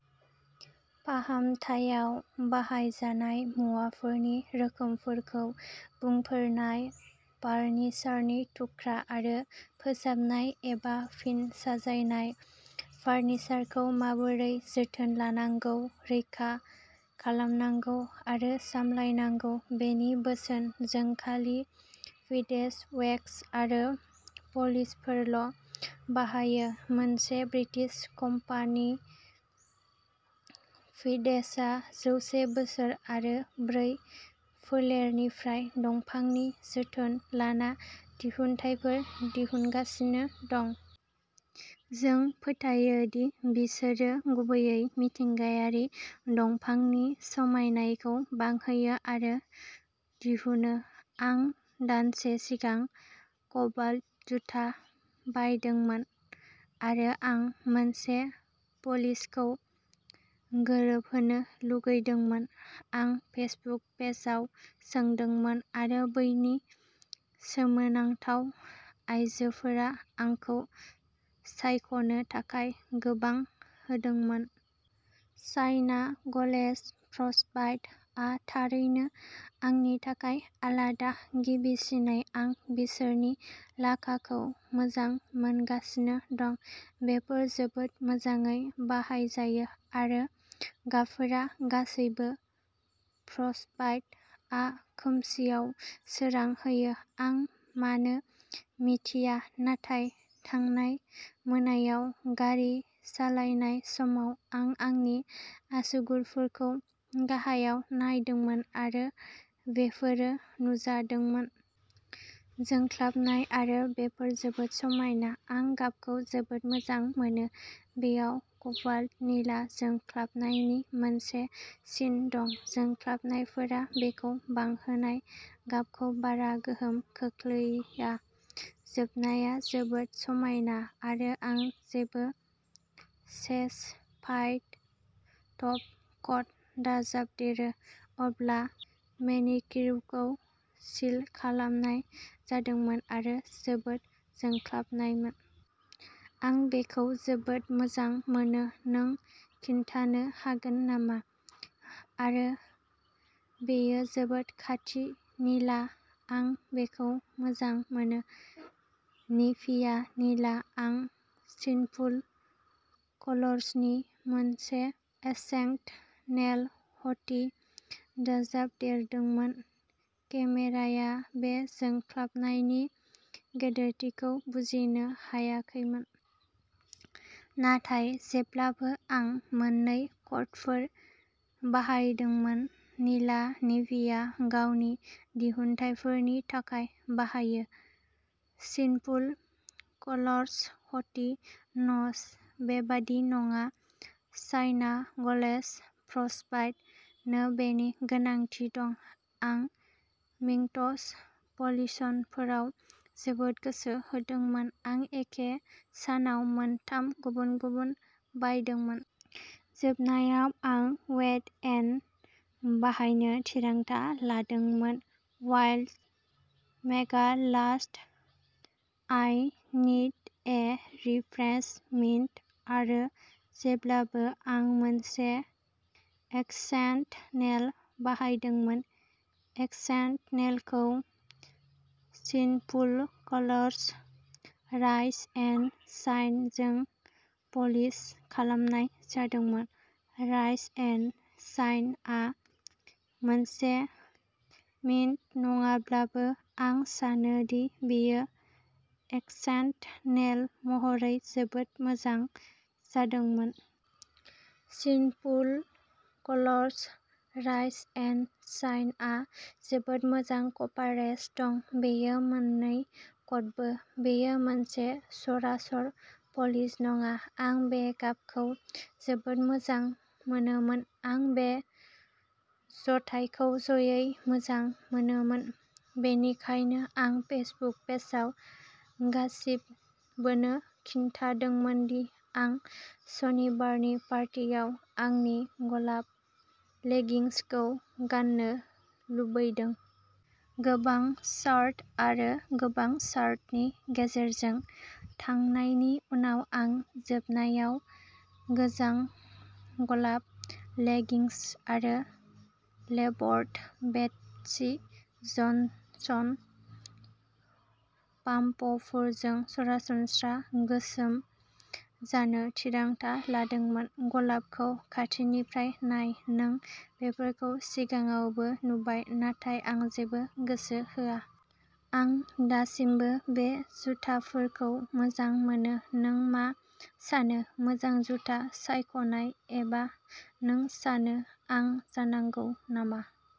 फाहामथायाव बाहायजानाय मुवाफोरनि रोखोमफोरखौ बुंफोरनाय फार्निचारनि थुख्रा आरो फोसाबनाय एबा फिन साजायनाय फार्निचारखौ माबोरै जोथोन लानांगौ, रैखा खालामनांगौ आरो सामलायनांगौ बेनि बोसोन। जों खालि फिडेस अवेक्स आरो पलिशफोरल' बाहायो। मोनसे ब्रिटिश कम्पानि, फिडेसआ जौसे बोसोर आरो ब्रै फोलेरनिफ्राय दंफांनि जोथोन लाना दिहुनथायफोर दिहुनगासिनो दं। जों फोथायो दि बिसोरो गुबैयै मिथिंगायारि दंफांनि समायनायखौ बांहोयो आरो दिहुनो। आं दानसे सिगां कबाल्ट जुथा बायदोंमोन आरो आं मोनसे पलिशखौ गोरोबहोनो लुबैदोंमोन। आं फेसबुक पेजआव सोंदोंमोन आरो बैनि सोमोनांथाव आयजोफोरा आंखौ सायख'नो थाखाय गोबां होदोंमोन। चाइना गलेज "फ्रस्टबाइट" आ थारैनो आंनि थाखाय आलादा। गिबिसिनै आं बिसोरनि लाखाखौ मोजां मोनगासिनो दं। बेफोर जोबोद मोजाङै बाहायजायो आरो गाबफोरा गासैबो! "फ्रस्टबाइट" आ खोमसिआव सोरां होयो। आं मानो मिथिया नाथाय थांनाय मोनायाव गारि सालायनाय समाव आं आंनि आसुगुरफोरखौ गाहायाव नायदोंमोन आरो बेफोरो नुजादोंमोन। जोंख्लाबनाय आरो बेफोर जोबोद समायना। आं गाबखौ जोबोद मोजां मोनो। बेयाव क'बाल्ट निला जोंख्लाबनायनि मोनसे सिन दं। जोंख्लाबनायफोरा बेखौ बांहोनाय गाबखौ बारा गोहोम खोख्लैया। जोबनाया जोबोद समायना आरो आं जेब्ला सेचे भाइट टप कट दाजाबदेरो अब्ला मेनिकिउरखौ सिल खालामनाय जादोंमोन आरो जोबोद जोंख्लाबनायमोन। आं बेखौ जोबोद मोजां मोनो नों खोन्थानो हागोन नामा? आरो बेयो जोबोद खाथि। निला आं बेखौ मोजां मोनो। "निभिया निला" आं सिनफुल कलर्सनि मोनसे एसेंट नेल "ह'टि" दाजाबदेरदोंमोन। केमेराया बे जोंख्लाबनायनि गेदेरथिखौ बुजिनो हायाखैमोन। नाथाय जेब्लाबो आं मोननै कटफोर बाहायदोंमोन। निला निभिया गावनि दिहुनथायफोरनि थाखाय बाहायो। सिनफुल कलर्स "ह'टि" नच बेबादि नङा चाइना गलेज "फ्रस्टबाइट" नो बेनि गोनांथि दं। आं मिंट्स पलिशफोराव जोबोद गोसो होदों। आं एखे सानाव मोन थाम गुबुन गुबुन बायदोंमोन। जोबनायाव आं वेट एन बाहायनो थिरांथा लादोंमोन। Wild megalast "I need a refresh mint" आरो जेब्लाबो आं मोनसे एक्सेन्ट नेल बाहायदोंमोन। एक्सेन्ट नेलखौ सिनफुलकलार्स "राइज एन्ड शाइन" जों पलिश खालामनाय जादोंमोन। "राइज एन्ड शाइन" आ मोनसे मिन्ट नङाब्लाबो आं सानो दि बेयो एक्सेन्ट नेल महरै जोबोद मोजां जादोंमोन। सिनफुलकलार्स "राइज एन्ड शाइन" आ जोबोद मोजां कभारेज दं। बेयो मोननै कटबो। बेयो मोनसे सरासर पलिश नङा, आं बे गाबखौ जोबोद मोजां मोनोमोन। आं बे जथायखौ ज'यै मोजां मोनोमोन। बेनिखायनो आं फेसबुक पेजआव गासिबोनो खिन्थादोंमोन दि आं सनिबारनि पार्टियाव आंनि गलाब लेगिंग्सखौ गाननो लुबैदों। गोबां सार्ट आरो गोबां सार्टनि गेजेरजों थांनायनि उनाव आं जोबनायाव गोजों गलाब लेगिंग्स आरो लेपर्ड बेटसि जनसन पाम्पफोरजों सरासनस्रा गोसोम जानो थिरांथा लादोंमोन। गलाबखौ खाथिनिफ्राय नाय। नों बेफोरखौ सिगाङावबो नुबाय नाथाय आं जेबो गोसो होआ। आं दासिमबो बे जुथाफोरखौ मोजां मोनो नों मा सानो? मोजां जुथा सायख'नाय एबा नों सानो आं जानांगौ नामा?